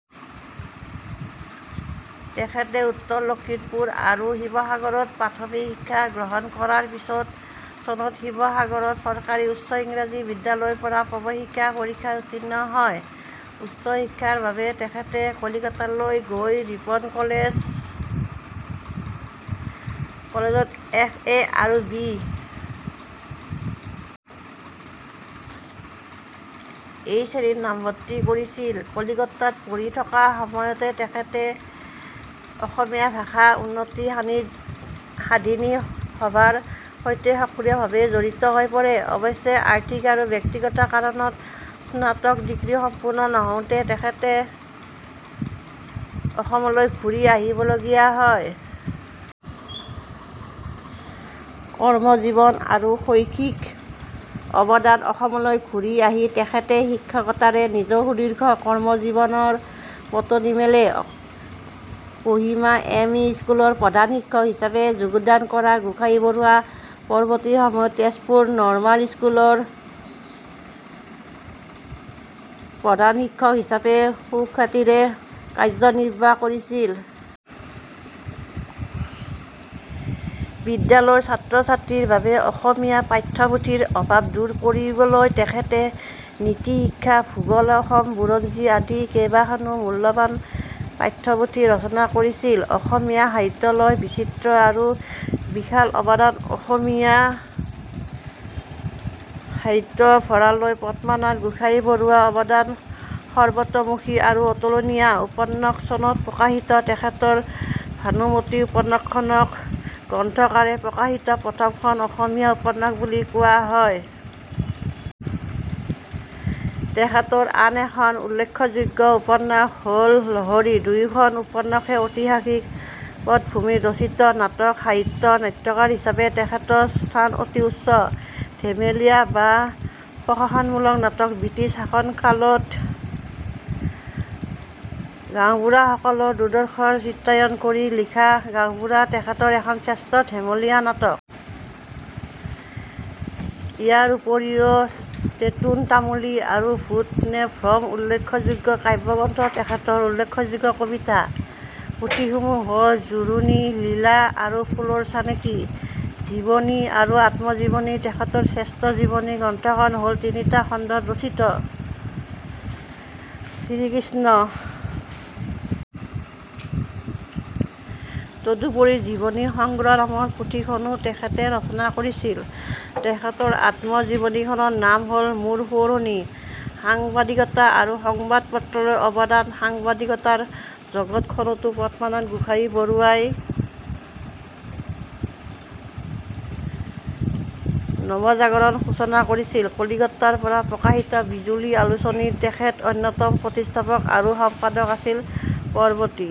তেখেতে উত্তৰ লখিমপুৰ আৰু শিৱসাগৰত প্ৰাথমিক শিক্ষা গ্ৰহণ কৰাৰ পিছত চনত শিৱসাগৰ চৰকাৰী উচ্চ ইংৰাজী বিদ্যালয়ৰ পৰা প্ৰৱেশিকা পৰীক্ষাত উত্তীৰ্ণ হয়। উচ্চ শিক্ষাৰ বাবে তেখেতে কলিকতালৈ গৈ ৰিপন কলেজত এফ. এ. আৰু বি. এ. শ্ৰেণীত নামভৰ্তি কৰিছিল। কলিকতাত পঢ়ি থকা সময়তেই তেখেত 'অসমীয়া ভাষা উন্নতি সাধিনী সভা'ৰ সৈতে সক্ৰিয়ভাৱে জড়িত হৈ পৰে। অৱশ্যে আৰ্থিক আৰু ব্যক্তিগত কাৰণত স্নাতক ডিগ্ৰী সম্পূৰ্ণ নৌহওঁতেই তেখেত অসমলৈ ঘূৰি আহিবলগীয়া হয়। কৰ্মজীৱন আৰু শৈক্ষিক অৱদান: অসমলৈ ঘূৰি আহি তেখেতে শিক্ষকতাৰে নিজৰ সুদীৰ্ঘ কৰ্মজীৱনৰ পাতনি মেলে। কহিমা এম. ই. স্কুলৰ প্ৰধান শিক্ষক হিচাপে যোগদান কৰা গোহাঞিবৰুৱাই পৰৱৰ্তী সময়ত তেজপুৰ নৰ্মাল স্কুলৰ প্ৰধান শিক্ষক হিচাপেও সুখ্যাতিৰে কাৰ্যনিৰ্বাহ কৰিছিল। বিদ্যালয়ৰ ছাত্ৰ-ছাত্ৰীৰ বাবে অসমীয়া পাঠ্যপুথিৰ অভাৱ দূৰ কৰিবলৈ তেখেতে 'নীতি-শিক্ষা', 'ভূগোল', 'অসম বুৰঞ্জী' আদি কেইবাখনো মূল্যৱান পাঠ্যপুথি ৰচনা কৰিছিল। অসমীয়া সাহিত্যলৈ বিচিত্ৰ আৰু বিশাল অৱদান: অসমীয়া সাহিত্য ভঁৰাললৈ পদ্মনাথ গোহাঞিবৰুৱাৰ অৱদান সৰ্বতোমুখী আৰু অতুলনীয়: উপন্যাস: চনত প্ৰকাশিত তেখেতৰ 'ভানুমতী' উপন্যাসখনক গ্ৰন্থাকাৰে প্ৰকাশিত প্ৰথমখন অসমীয়া উপন্যাস বুলি কোৱা হয়। তেখেতৰ আন এখন উল্লেখযোগ্য উপন্যাস হ'ল 'লহৰী'। দুয়োখন উপন্যাসেই ঐতিহাসিক পটভূমিত ৰচিত। নাটক সাহিত্য: নাট্যকাৰ হিচাপে তেখেতৰ স্থান অতি উচ্চ। ধেমেলীয়া বা প্ৰহসনমূলক নাটক: ব্ৰিটিছ শাসনকালত গাঁওবুঢ়াসকলৰ দুৰ্দশাৰ চিত্ৰায়ণ কৰি লিখা 'গাঁওবুঢ়া' তেখেতৰ এখন শ্ৰেষ্ঠ ধেমেলীয়া নাটক। ইয়াৰ উপৰিও 'টেটোন তামুলী' আৰু 'ভূত নে ভ্ৰম' উল্লেখযোগ্য। কাব্য গ্ৰন্থ: তেখেতৰ উল্লেখযোগ্য কবিতা পুথিসমূহ হ'ল— 'জুৰণি', 'লীলা' আৰু 'ফুলৰ চানেকি'। জীৱনী আৰু আত্মজীৱনী: তেখেতৰ শ্ৰেষ্ঠ জীৱনী গ্ৰন্থখন হ'ল তিনিটা খণ্ডত ৰচিত 'শ্ৰীকৃষ্ণ'। তদুপৰি 'জীৱনী সংগ্ৰহ' নামৰ পুথিখনো তেখেতে ৰচনা কৰিছিল। তেখেতৰ আত্মজীৱনীখনৰ নাম হ'ল 'মোৰ সোঁৱৰণী'। সাংবাদিকতা আৰু সংবাদ পত্ৰলৈ অৱদান: সাংবাদিকতাৰ জগতখনতো পদ্মনাথ গোহাঞিবৰুৱাই নৱজাগৰণৰ সূচনা কৰিছিল: কলিকতাৰ পৰা প্ৰকাশিত 'বিজুলী' আলোচনীৰ তেখেত অন্যতম প্ৰতিষ্ঠাপক আৰু সম্পাদক আছিল। পৰৱৰ্তী